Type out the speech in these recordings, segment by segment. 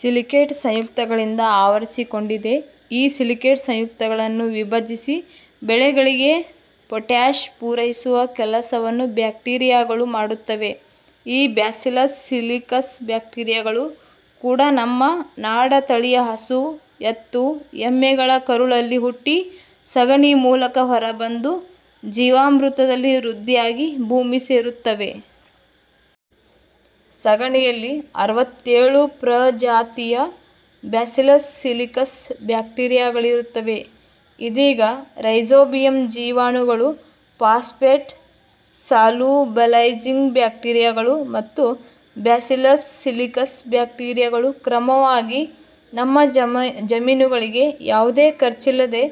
Silicate ಸಂಯುಕ್ತಗಳಿಂದ ಆವರಿಸಿಕೊಂಡಿದೆ. ಈ ಸಿಲಿಕೇಟ್ ಸಂಯುಕ್ತಗಳನ್ನು ವಿಭಜಿಸಿ ಬೆಳೆಗಳಿಗೆ ಪೊಟ್ಯಾಷ್ ಪೂರೈಸುವ ಕೆಲಸವನ್ನು ಬ್ಯಾಕ್ಟೀರಿಯಾಗಳು ಮಾಡುತ್ತವೆ. ಈ ಬ್ಯಾಸಿಲಸ್ ಸಿಲಿಕಸ್ ಬ್ಯಾಕ್ಟೀರಿಯಾಗಳು ಕೂಡ ನಮ್ಮ ನಾಡತಳಿಯ ಹಸು, ಎತ್ತು, ಎಮ್ಮೆಗಳ ಕರುಳಲ್ಲಿ ಹುಟ್ಟಿ, ಸಗಣಿ ಮೂಲಕ ಹೊರ ಬಂದು, ಜೀವಾಮೃತದಲ್ಲಿ ವೃದ್ಧಿಯಾಗಿ ಭೂಮಿ ಸೇರುತ್ತವೆ. ಸಗಣಿಯಲ್ಲಿ ಅರವತ್ತೇಳು ಪ್ರಜಾತಿಯ ಬ್ಯಾಸಿಲಸ್ ಸಿಲಿಕಸ್ ಬ್ಯಾಕ್ಟೀರಿಯಾಗಳಿರುತ್ತವೆ. ಇದೀಗ ರೈಜೋಬಿಯಂ ಜೀವಾಣುಗಳು, ಫಾಸ್ಫೇಟ್ ಸಾಲ್ಯುಬಲೈಜಿಂಗ್ ಬ್ಯಾಕ್ಟೀರಿಯಾಗಳು ಮತ್ತು ಬ್ಯಾಸಿಲಿಸ್ ಸಿಲಿಕಸ್ ಬ್ಯಾಕ್ಟೀರಿಯಾಗಳು ಕ್ರಮವಾಗಿ ನಮ್ಮ ಜಮೀನುಗಳಿಗೆ ಯಾವುದೇ ಖರ್ಚಿಲ್ಲದೆ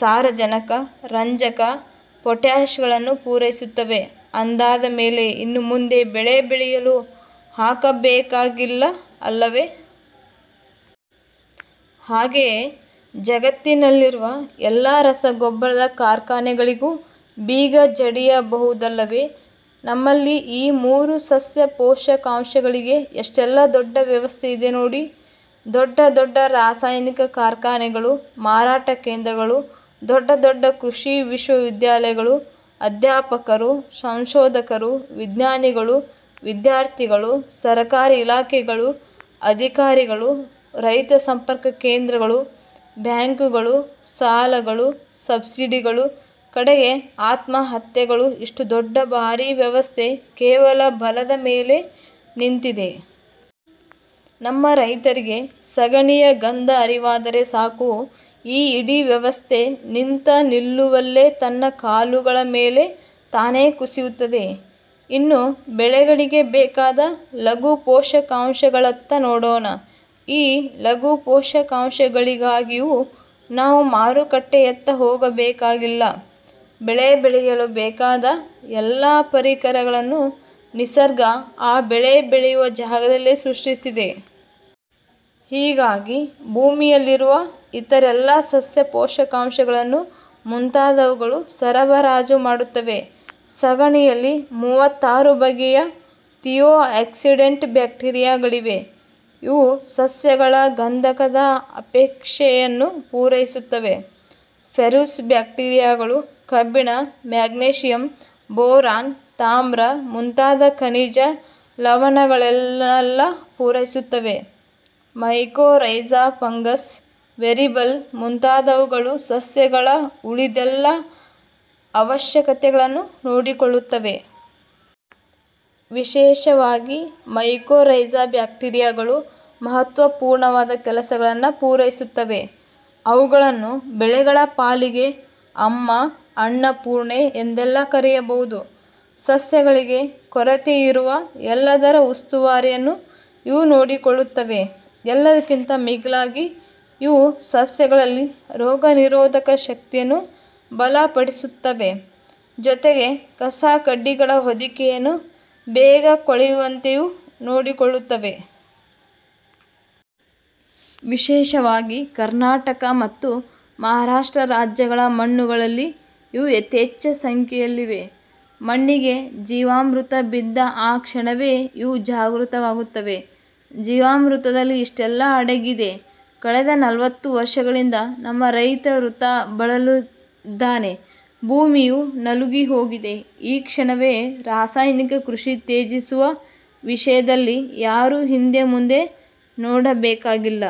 ಸಾರಜನಕ, ರಂಜಕ ಮತ್ತು ಪೊಟ್ಯಾಷ್ಗಳನ್ನು ಪೂರೈಸುತ್ತವೆ. ಅಂದಾದಮೇಲೆ ಇನ್ನು ಮುಂದೆ ಬೆಳೆ ಬೆಳೆಯಲು ಹಾಕಬೇಕಾಗಿಲ್ಲ ಅಲ್ಲವೆ? ಹಾಗೆಯೇ ಜಗತ್ತಿನಲ್ಲಿರುವ ಎಲ್ಲ ರಸಗೊಬ್ಬರದ ಕಾರ್ಖಾನೆಗಳಿಗೂ ಬೀಗ ಜಡಿಯ ಬಹುದಲ್ಲವೆ ನಮ್ಮಲ್ಲಿ ಈ ಮೂರು ಸಸ್ಯ ಪೋಷಕಾಂಶಗಳಿಗೆ ಎಷ್ಟೆಲ್ಲ ದೊಡ್ಡ ವ್ಯವಸ್ಥೆ ಇದೆ ನೋಡಿ; ದೊಡ್ಡ ದೊಡ್ಡ ರಾಸಾಯನಿಕ ಕಾರ್ಖಾನೆಗಳು, ಮಾರಾಟ ಕೇಂದ್ರಗಳು; ದೊಡ್ಡ ದೊಡ್ಡ ಕೃಷಿ ವಿಶ್ವವಿದ್ಯಾಲಯಗಳು, ಅಧ್ಯಾಪಕರು, ಸಂಶೋಧಕರು, ವಿಜ್ಞಾನಿಗಳು, ವಿದ್ಯಾರ್ಥಿಗಳು; ಸರಕಾರಿ ಇಲಾಖೆಗಳು, ಅಧಿಕಾರಿಗಳು, ರೈತ ಸಂಪರ್ಕ ಕೇಂದ್ರಗಳು; ಬ್ಯಾಂಕುಗಳು, ಸಾಲಗಳು, ಸಬ್ಸಿಡಿಗಳು; ಕಡೆಗೆ ಆತ್ಮಹತ್ಯೆಗಳು ಇಷ್ಟು ದೊಡ್ಡ ಭಾರೀ ವ್ಯವಸ್ಥೆ ಕೇವಲ ಬಲದ ಮೇಲೆ ನಿಂತಿದೆ. ನಮ್ಮ ರೈತರಿಗೆ ಸಗಣಿಯ ಗಂಧ ಅರಿವಾದರೆ ಸಾಕು, ಈ ಇಡೀ ವ್ಯವಸ್ಥೆ ನಿಂತ ನಿಲುವಲ್ಲೆ ತನ್ನ ಕಾಲುಗಳ ಮೇಲೆ ತಾನೇ ಕುಸಿಯುತ್ತದೆ. ಇನ್ನು ಬೆಳೆಗಳಿಗೆ ಬೇಕಾದ ಲಘು ಪೋಷಕಾಂಶಗಳತ್ತ ನೋಡೋಣ. ಈ ಲಘು ಪೋಷಕಾಂಶಗಳಿಗಾಗಿಯೂ ನಾವು ಮಾರುಕಟ್ಟೆಯತ್ತ ಹೋಗಬೇಕಾಗಿಲ್ಲ. ಬೆಳೆ ಬೆಳೆಯಲು ಬೇಕಾದ ಎಲ್ಲ ಪರಿಕರಗಳನ್ನು ನಿಸರ್ಗ ಆ ಬೆಳೆ ಬೆಳೆವ ಜಾಗದಲ್ಲೇ ಸೃಷ್ಟಿಸಿದೆ. ಹೀಗಾಗಿ ಭೂಮಿಯಲ್ಲಿರುವ ಇತರೆಲ್ಲ ಸಸ್ಯ ಪೋಷಕಾಂಶಗಳನ್ನು ಮುಂತಾದವುಗಳು ಸರಬರಾಜು ಮಾಡುತ್ತವೆ. ಸಗಣಿಯಲ್ಲಿ ಮೂವತ್ತಾರು ಬಗೆಯ ಥಿಯೋ ಆಕ್ಸಿಡೆಂಟ್ ಬ್ಯಾಕ್ಟೀರಿಯಾಗಳಿವೆ. ಇವು ಸಸ್ಯಗಳ ಗಂಧಕದ ಅಪೇಕ್ಷೆಯನ್ನು ಪೂರೈಸುತ್ತವೆ. ಫೆರೂಸ್ ಬ್ಯಾಕ್ಟೀರಿಯಾಗಳು ಕಬ್ಬಿಣ, ಮ್ಯಾಗ್ನೀಷಿಯಂ, ಬೋರಾನ್, ತಾಮ್ರ ಮುಂತಾದ ಖನಿಜ, ಲವಣಗಳನ್ನೆಲ್ಲ ಪೂರೈಸುತ್ತವೆ. ಮೈಕೋರೈಜಾ ಫಂಗಸ್, ವೆರಿಬಲ್ ಮುಂತಾದವುಗಳು ಸಸ್ಯಗಳ ಉಳಿದೆಲ್ಲ ಅವಶ್ಯಕತೆಗಳನ್ನು ನೋಡಿಕೊಳ್ಳುತ್ತವೆ. ವಿಶೇಷವಾಗಿ ಮೈಕೋರೈಜಾ ಬ್ಯಾಕ್ಟೀರಿಯಾಗಳು ಮಹತ್ವಪೂರ್ಣವಾದ ಕೆಲಸಗಳನ್ನು ಪೂರೈಸುತ್ತವೆ. ಅವುಗಳನ್ನು ಬೆಳೆಗಳ ಪಾಲಿಗೆ 'ಅಮ್ಮ', 'ಅನ್ನಪೂರ್ಣೆ' ಎಂದೆಲ್ಲಾ ಕರೆಯಬಹುದು. ಸಸ್ಯಗಳಿಗೆ ಕೊರತೆಯಿರುವ ಎಲ್ಲದರ ಉಸ್ತುವಾರಿಯನ್ನು ಇವು ನೋಡಿಕೊಳ್ಳುತ್ತವೆ. ಎಲ್ಲಕ್ಕಿಂತ ಮಿಗಿಲಾಗಿ ಇವು ಸಸ್ಯಗಳಲ್ಲಿ ರೋಗ ನಿರೋಧಕ ಶಕ್ತಿಯನ್ನೂ ಬಲಪಡಿಸುತ್ತವೆ. ಜೊತೆಗೆ ಕಸ-ಕಡ್ಡಿಗಳ ಹೊದಿಕೆಯನ್ನು ಬೇಗ ಕೊಳೆಯುವಂತೆಯೂ ನೋಡಿಕೊಳ್ಳುತ್ತವೆ. ವಿಶೇಷವಾಗಿ ಕರ್ನಾಟಕ ಮತ್ತು ಮಹಾರಾಷ್ಟ್ರ ರಾಜ್ಯಗಳ ಮಣ್ಣುಗಳಲ್ಲಿ ಇವು ಯಥೇಚ್ಛ ಸಂಖ್ಯೆಯಲ್ಲಿವೆ. ಮಣ್ಣಿಗೆ ಜೀವಾಮೃತ ಬಿದ್ದ ಆ ಕ್ಷಣವೇ ಇವು ಜಾಗೃತವಾಗುತ್ತವೆ. ಜೀವಾಮೃತದಲ್ಲಿ ಇಷ್ಟೆಲ್ಲ ಅಡಗಿದೆ. ಕಳೆದ ನಲವತ್ತು ವರ್ಷಗಳಿಂದ ನಮ್ಮ ರೈತ ವೃಥಾ ಬಳಲಿದ್ದಾನೆ. ಭೂಮಿಯೂ ನಲುಗಿ ಹೋಗಿದೆ. ಈ ಕ್ಷಣವೇ ರಾಸಾಯನಿಕ ಕೃಷಿ ತ್ಯಜಿಸುವ ವಿಷಯದಲ್ಲಿ ಯಾರೂ ಹಿಂದೆ-ಮುಂದೆ ನೋಡಬೇಕಾಗಿಲ್ಲ.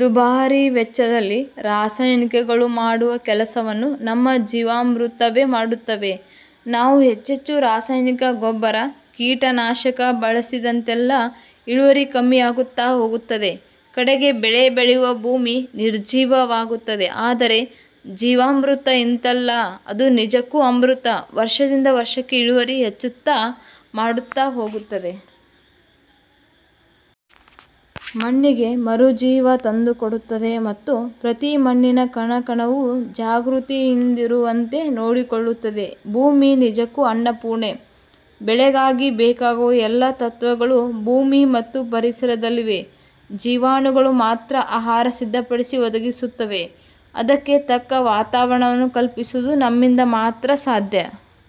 ದುಬಾರಿ ವೆಚ್ಚದಲ್ಲಿ ರಾಸಾಯನಿಕಗಳು ಮಾಡುವ ಕೆಲಸವನ್ನು ನಮ್ಮ ಜೀವಾಮೃತವೆ ಮಾಡುತ್ತದೆ. ನಾವು ಹೆಚ್ಚೆಚ್ಚು ರಾಸಾಯನಿಕ ಗೊಬ್ಬರ, ಕೀಟನಾಶಕ ಬಳಸಿದಂತೆಲ್ಲ ಇಳುವರಿ ಕಮ್ಮಿಯಾಗುತ್ತಾ ಹೋಗುತ್ತದೆ, ಕಡೆಗೆ ಬೆಳೆ ಬೆಳೆವ ಭೂಮಿ ನಿರ್ಜೀವವಾಗುತ್ತದೆ. ಆದರೆ ಜೀವಾಮೃತ ಇಂಥಲ್ಲ; ಅದು ನಿಜಕ್ಕೂ ಅಮೃತ. ವರ್ಷದಿಂದ ವರ್ಷಕ್ಕೆ ಇಳುವರಿ ಹೆಚ್ಚು ಮಾಡುತ್ತಾ ಹೋಗುತ್ತದೆ. ಮಣ್ಣಿಗೆ ಮರುಜೀವ ತಂದುಕೊಡುತ್ತದೆ ಮತ್ತು ಪ್ರತಿ ಮಣ್ಣಿನ ಕಣ, ಕಣವೂ ಜಾಗೃತಿಯಿಂದಿರುವಂತೆ ನೋಡಿಕೊಳ್ಳುತ್ತದೆ. ಭೂಮಿ ನಿಜಕ್ಕೂ ಅನ್ನಪೂರ್ಣೆ. ಬೆಳೆಗಾಗಿ ಬೇಕಾಗುವ ಎಲ್ಲ ತತ್ವಗಳು ಭೂಮಿ ಮತ್ತು ಪರಿಸರದಲ್ಲಿವೆ. ಜೀವಾಣುಗಳು ಮಾತ್ರ ಆಹಾರ ಸಿದ್ಧಪಡಿಸಿ ಒದಗಿಸುತ್ತವೆ. ಅದಕ್ಕೆ ತಕ್ಕ ವಾತಾವರಣವನ್ನು ಕಲ್ಪಿಸುವುದು ನಮ್ಮಿಂದ ಮಾತ್ರ ಸಾಧ್ಯ.